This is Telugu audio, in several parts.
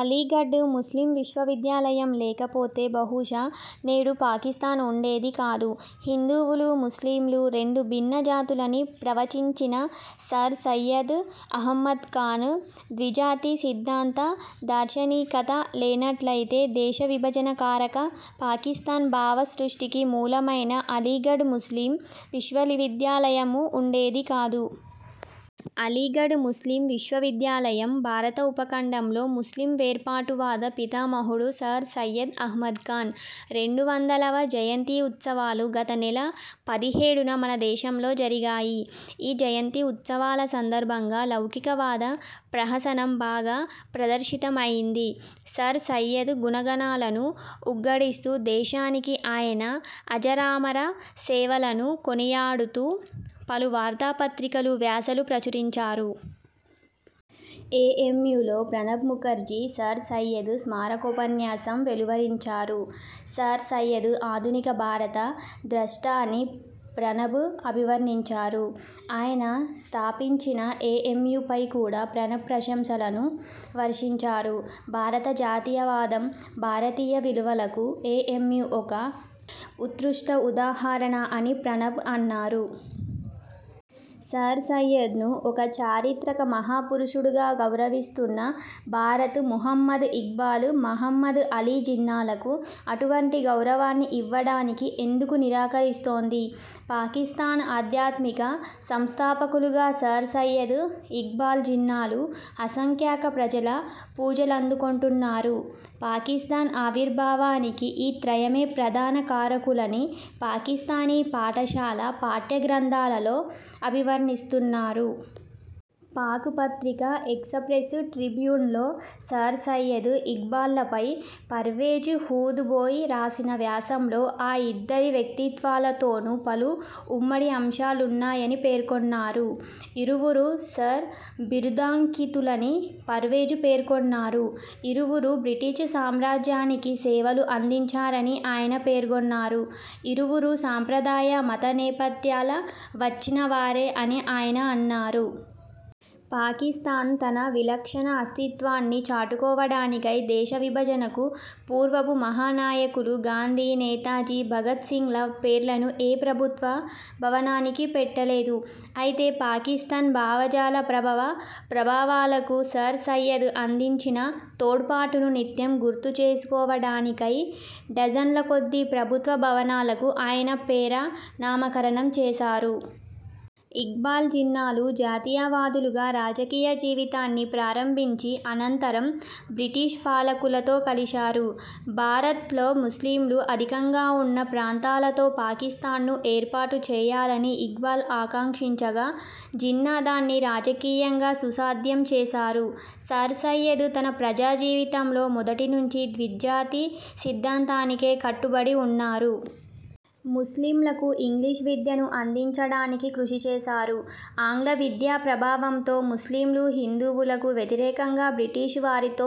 అలీగఢ్ ముస్లిమ్ విశ్వవిద్యాలయం లేకపోతే, బహుశా, నేడు పాకిస్థాన్ వుండేది కాదు. హిందువులు, ముస్లింలు రెండు భిన్న జాతులని ప్రవచించిన సర్ సయ్యద్ అహ్మద్ఖాన్ ద్విజాతి సిద్ధాంత 'దార్శనికత' లేనట్లయితే, దేశ విభజన కారక, పాకిస్థాన్ భావ సృష్టికి మూలమైన అలీగఢ్ ముస్లిమ్ విశ్వవిద్యాలయమూ వుండేది కాదు. అలీగఢ్ ముస్లిమ్ విశ్వవిద్యాలయం, భారత ఉపఖండంలో ముస్లిమ్ వేర్పాటువాద పితామహుడు సర్ సయ్యద్ అహ్మద్ ఖాన్ రెండు వందలవ జయంతి ఉత్సవాలు గత నెల పదిహేడున మనదేశంలో జరిగాయి. ఈ జయంతి ఉత్సవాల సందర్భంగా 'లౌకికవాద' ప్రహసనం బాగా ప్రదర్శితమయింది. సర్ సయ్యద్ 'గుణగణాల'ను ఉగ్గడిస్తూ, దేశానికి ఆయన అజరామర 'సేవల'ను కొనియాడుతూ పలు వార్తాపత్రికలు వ్యాసాలు ప్రచురించాయి. ఏఎమ్యూలో ప్రణబ్ ముఖర్జీ సర్ సయ్యద్ స్మారకోపన్యాసం వెలువరించారు. సర్ సయ్యద్ 'ఆధునిక భారత ద్రష్ట' అని ప్రణబ్ అభివర్ణించారు. ఆయన స్థాపించిన ఏఎమ్యూపై కూడా ప్రణబ్ ప్రశంసలను వర్షించారు. 'భారత జాతీయవాదం, భారతీయ విలువల'కు ఏఎమ్యూ ఒక ఉత్కృష్ట ఉదాహరణ' అని ప్రణబ్ అన్నారు. సర్ సయ్యద్ను ఒక 'చారిత్రక మహా పురుషుడు'గా గౌరవిస్తున్న భారత్ ముహమ్మద్ ఇక్బాల్, మహమ్మద్ అలీ జిన్నాలకు అటువంటి గౌరవాన్ని ఇవ్వడానికి ఎందుకు నిరాకరిస్తోంది? పాకిస్థాన్ ఆధ్యాత్మిక సంస్థాపకులుగా సర్ సయ్యద్, ఇక్బాల్, జిన్నాలు అసంఖ్యాక ప్రజల పూజలందుకొంటున్నారు. పాకిస్థాన్ ఆవిర్భావానికి ఈ త్రయమే ప్రధాన కారకులని పాకిస్థానీ పాఠశాల పాఠ్య గ్రంథాలలో అభివర్ణిస్తున్నారు. పాక్ పత్రిక 'ఎక్సప్రెస్ ట్రిబ్యూన్'లో సర్ సయ్యద్, ఇక్బాల్ల పై పర్వేజ్ హూద్ బోయ్ రాసిన వ్యాసంలో ఆ ఇద్దరి వ్యక్తిత్వాలతోను పలు ఉమ్మడి అంశాలున్నాయని పేర్కొన్నారు. ఇరువురూ సర్ బిరుదాంకితులని పర్వేజ్ పేర్కొన్నారు. ఇరువురూ బ్రిటిష్ సామ్రాజ్యానికి సేవలు అందించారని ఆయన పేర్కొన్నారు. ఇరువురూ సంప్రదాయ మత నేపథ్యాల వచ్చిన వారే అని ఆయన అన్నారు. పాకిస్థాన్ తన విలక్షణ అస్తిత్వాన్ని చాటుకోవడానికై దేశ విభజనకు పూర్వపు మహానాయకులు గాంధీ, నేతాజీ, భగత్ సింగ్ల పేర్లను ఏ ప్రభుత్వ భవనానికీ పెట్టలేదు. అయితే పాకిస్థాన్ భావజాల ప్రభవ ప్రాభవాలకు సర్ సయ్యద్ అందించిన తోడ్పాటును నిత్యం గుర్తుచేసుకోవడానికై డజన్లకొద్దీ ప్రభుత్వ భవనాలకు ఆయనపేర నామకరణం చేశారు. ఇక్బాల్, జిన్నాలు జాతీయవాదులుగా రాజకీయ జీవితాన్ని ప్రారంభించి, అనంతరం బ్రిటిష్పాలకులతో కలిశారు. భారత్లో ముస్లింలు అధికంగా వున్న ప్రాంతాలతో పాకిస్థాన్ను ఏర్పాటుచేయాలని ఇక్బాల్ ఆకాంక్షించగా జిన్నా దాన్ని రాజకీయంగా సుసాధ్యం చేశారు. సర్ సయ్యద్ తన ప్రజా జీవితంలో మొదటినుంచీ ద్విజాతి సిద్ధాంతానికే కట్టుబడి వున్నారు. ముస్లింలకు ఇంగ్లీష్ విద్యను అందించడానికి కృషి చేశారు. ఆంగ్ల విద్యా ప్రభావంతో ముస్లింలు హిందువులకు వ్యతిరేకంగా బ్రిటిష్ వారితో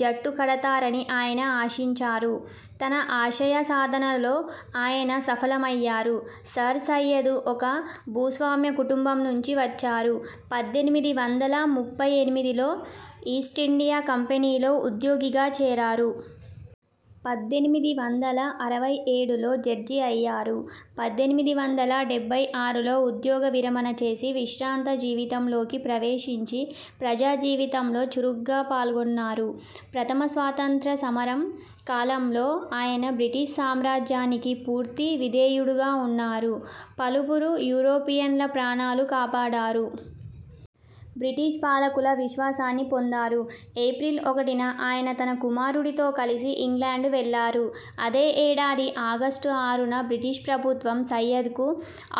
జట్టు కడతారని ఆయన ఆశించారు. తన ఆశయసాధనలో ఆయన సఫలమయ్యారు. సర్ సయ్యద్ ఒక భూస్వామ్య కుటుంబం నుంచి వచ్చారు. పద్దెనిమిది వందల ముప్పై ఎనిమిదిలో ఈస్టిండియా కంపెనీలో ఉద్యోగిగా చేరారు. పద్దెనిమిది వందల అరవై ఏడులో జడ్జి అయ్యారు. పద్దెనిమిది వందల డెబ్బై ఆరులో ఉద్యోగ విరమణ చేసి విశ్రాంత జీవితంలోకి ప్రవేశించి ప్రజా జీవితంలో చురుగ్గా పాల్గొన్నారు. ప్రథమ స్వాతంత్ర్య సమరం కాలంలో ఆయన బ్రిటిష్ సామ్రాజ్యానికి పూర్తి విధేయుడుగా వున్నారు. పలువురు యూరోపియన్ల ప్రాణాలు కాపాడారు. బ్రిటిష్ పాలకుల విశ్వాసాన్ని పొందారు. ఏప్రిల్ ఒకటిన ఆయన తన కుమారుడితో కలిసి ఇంగ్లాండ్ వెళ్ళారు. అదే ఏడాది ఆగస్టుఆరున బ్రిటిష్ ప్రభుత్వం సయ్యద్ కు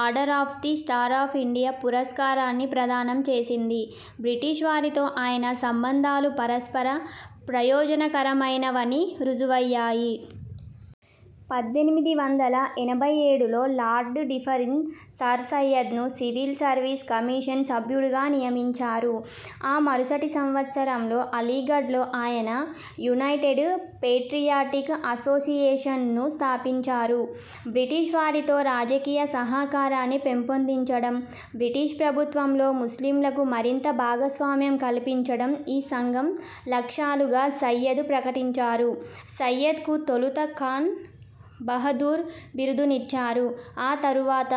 'Order of the Star of India' పురస్కారాన్ని ప్రదానం చేసింది. బ్రిటిష్ వారితో ఆయన సంబంధాలు పరస్పర ప్రయోజనకరమైనవని రుజువయ్యాయి. పద్దెనిమిది వందల ఎనభై ఏడులో లార్డ్ ఢఫరిన్ సర్ సయ్యద్ను సివిల్ సర్వీస్ కమిషన్ సభ్యుడుగా నియమించారు. ఆ మరుసటి సంవ త్సరం అలీగఢ్లో ఆయన 'యునైటెడ్ పేట్రియాటిక్ అసోసియేషన్'ను స్థాపించారు. బ్రిటిష్ వారితో రాజకీయ సహకారాన్ని పెంపొందించడం, బ్రిటిష్ ప్రభుత్వంలో ముస్లింలకు మరింత భాగస్వామ్యం కల్పించడం ఈ సంఘం లక్ష్యాలుగా సయ్యద్ ప్రకటించారు. సయ్యద్ కు తొలుత 'ఖాన్ బహదూర్' బిరుదునిచ్చారు. ఆ తరువాత